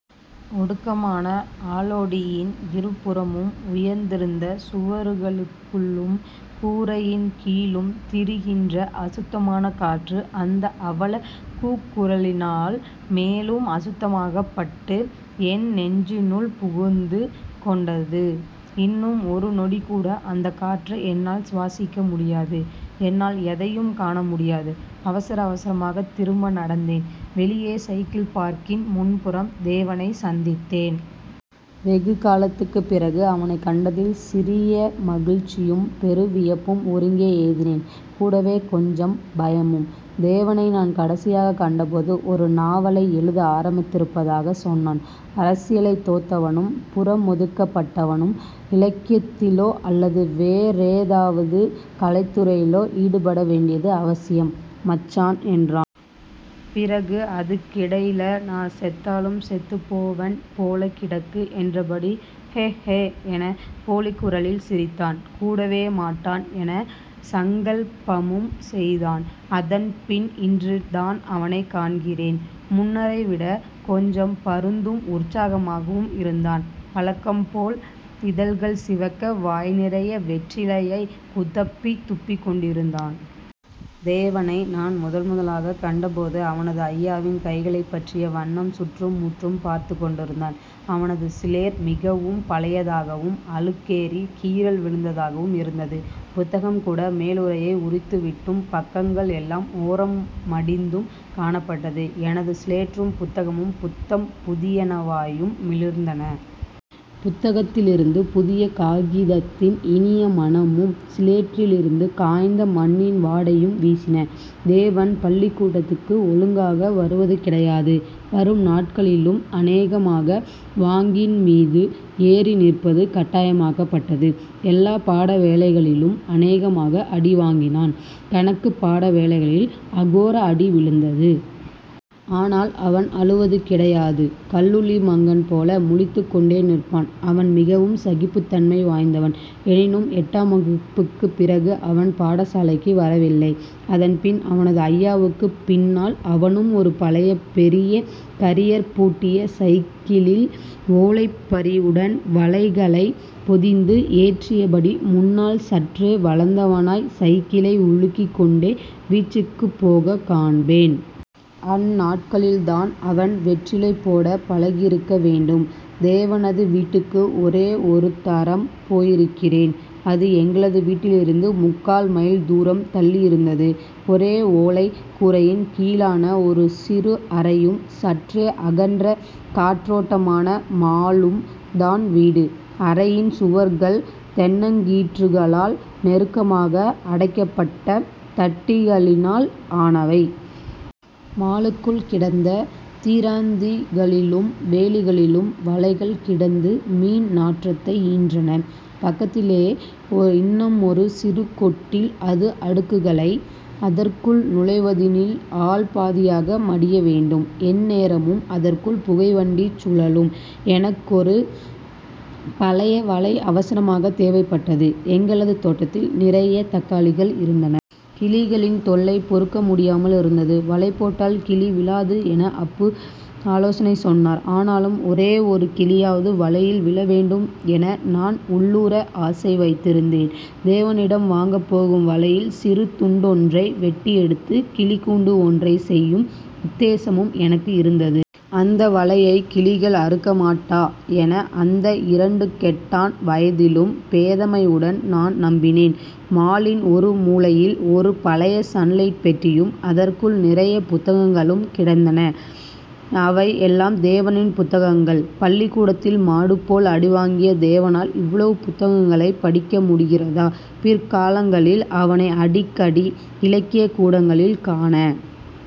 ஒடுக்கமான ஆளோடியின் இருபுறமும் உயர்ந்திருந்த சுவர்களுக்குள்ளும் கூரையின்கீழும் திரிகின்ற அசுத்தமான காற்று அந்த அவலக் கூக்குரலினால் மேலும் அசுத்தமாக்கப்பட்டு என் நெஞ்சினுள் புகுந்து கொண்டது. இன்னும் ஒரு நொடிகூட அந்தக்காற்றை என்னால் சுவாசிக்க முடியாது. என்னால் எதையும் காணமுடியாது. அவசர அவசரமாகத் திரும்ப நடந்தேன். வெளியே சைக்கிள் பார்க்கின் முன்புறம் தேவனைச் சந்தித்தேன். வெகுகாலத்துக்குப் பிறகு அவனைக் கண்டதில் சிறிய மகிழ்ச்சியும் பெருவியப்பும் ஒருங்கே எய்தினேன். கூடவே கொஞ்சம் பயமும். தேவனை நான் கடைசியாகக் கண்ட போது ஒரு நாவலை எழுத ஆரம்பித்திருப்பதாகச் சொன்னான். அரசியல்லை தோத்தவனும் புறமொதுக்கப் பட்டவனும் இலக்கியத்திலோ அல்லது வேறேதாவது கலைத்துறையிலோ ஈடுபடவேண்டியது அவசியம்.. மச்சான் என்றான். பிறகு அதுக்கிடையிலை நான் செத்தாலும் செத்துபோவன் போல கிடக்கு என்றபடி ஹோ... ஹோ என போலிக்குரலில் சிரித்தான். கூடவே மாட்டன்.. என சங்கல்பமும் செய்தான். அதன்பின் இன்று தான் அவனைக் காண்கிறேன். முன்னரைவிட கொஞ்சம் பருந்தும் உற்சாகமாகவும் இருந்தான். வழக்கம்போல இதழ்கள் சிவக்க வாய் நிறைய வெற்றிலையைக் குதப்பித் துப்பிக்கொண்டிருந்தான். தேவனை நான் முதன் முதலாகக் கண்டபோது அவனது அய்யாவின் கைகளைப் பற்றிய வண்ணம் சுற்றுமுற்றும் பார்த்துக் கொண்டிருந்தான். அவனது சிலேற் மிகவும் பழையதாகவும் அழுக்கேறிக் கீறல் விழுந்ததாகவும் இருந்தது. புத்தகம்கூட மேலுறையை உரித்து விட்டும் பக்கங்கள் எல்லாம் ஓரம்மடிந்தும் காணப்பட்டது. எனது சிலேற்றும் புத்தகமும் புத்தம் புதியனவாயும் மிளிர்ந்தன. புத்தகத்திலிருந்து புதிய காகிதத்தின் இனிய மணமும் சிலேற்றிலிருந்து காய்ந்த மண்ணின் வாடையும் வீசின. தேவன் பள்ளிக் கூடத்துக்கு ஒழுங்காக வருவது கிடையாது வரும் நாட்களிலும் அனேகமாக வாங்கின் மீது ஏறி நிற்பது கட்டாயமாகப் பட்டது. எல்லாப் பாட வேலைகளிலும் அநேகமாக அடி வாங்கினான். கணக்குப்பாட வேளைகளில் அகோர அடி விழுந்தது. ஆனால் அவன் அழுவது கிடையாது. கல்லுளி மங்கன் போல முழித்துக் கொண்டே நிற்பான். அவன் மிகவும் சகிப்புத் தன்மை வாய்ந்தவன். எனினும், எட்டாம் வகுப்புக்குப் பிறகு அவன் பாடசாலைக்கு வரவில்லை. அதன் பின் அவனது அய்யாவுக்குப் பின்னால் அவனும் ஒரு பழைய பெரிய கரியர் பூட்டிய சைக்கிளில் ஓலைப்பறியுடன் வலைகளைப் பொதிந்து ஏற்றியபடி முன்னால் சற்றே வளைந்தவனாய் சைக்கிளை உழக்கிக் கொண்டு வீச்சுக்குப் போகக் காண்பேன். அந்நாட்களில் தான் அவன் வெற்றிலை போடப பழகியிருக்க வேண்டும். தேவனது வீட்டுக்கு ஒரே ஒருதரம் போயிருக்கிறேன். அது எங்களது வீட்டிலிருந்து முக்கால் மைல் தூரம் தள்ளியிருந்தது. ஒரே ஓலைக் கூரையின் கீழான ஒரு சிறு அறையும் சற்றே அகன்ற காற்றோட்டமான மாலும் தான் வீடு. அறையின் சுவர்கள் தென்னங்கீற்றுகளால் நெருக்கமாக அடைக்கப்பட்ட தட்டிகளினால் ஆனவை. மாலுக்குள் கிடந்த தீராந்திகளிலும் வேலிகளிலும் வலைகள் கிடந்து மீன் நாற்றத்தை ஈன்றன. பக்கத்திலே இன்னுமொரு சிறு கொட்டில். அது அடுக்களை. அதற்குள் நுழைவதெனில் ஆள்பாதியாக மடியவேண்டும். எந்நேரமும் அதற்குள் புகை வண்டிச் சுழலும். எனக்கொரு பழையவலை அவசரமாகத் தேவைப்பட்டது. எங்களது தோட்டத்தில் நிறைய தக்காளிகள் இருந்தன. கிளிகளின் தொல்லை பொறுக்க முடியாமல் இருந்தது. வலைபோட்டால் கிளிவிழாது என அப்பு ஆலோசனை சொன்னார். ஆனாலும் ஒரே ஒரு கிளியாவது வலையில் விழவேண்டும் என நான் உள்ளூர ஆசை வைத்திருந்தேன். தேவனிடம் வாங்கப் போகும் வலையில் சிறு துண்டொன்றை வெட்டியெடுத்து 'கிளிக்கூண்டு ஒன்றை செய்யும் உத்தேசமும் எனக்கு இருந்தது. அந்த வலையை கிளிகள் அறுக்க மாட்டா என அந்த இரண்டுங்கெட்டான் வயதிலும் பேதமையுடன் நான் நம்பினேன். மாலின் ஒரு மூலையில் ஒரு பழைய சன்லைட் பெட்டியும் அதற்குள் நிறையப் புத்தகங்களும் கிடந்தன. அவை எல்லாம் தேவனின் புத்தகங்கள் பள்ளிக்கூடத்தில் மாடுபோல் அடிவாங்கிய தேவனால் இவ்வளவு புத்தகங்களைப் படிக்க முடிகிறதா? பிற்காலங்களில் அவனை அடிக்கடி இலக்கியக் கூட்டங்களில் காண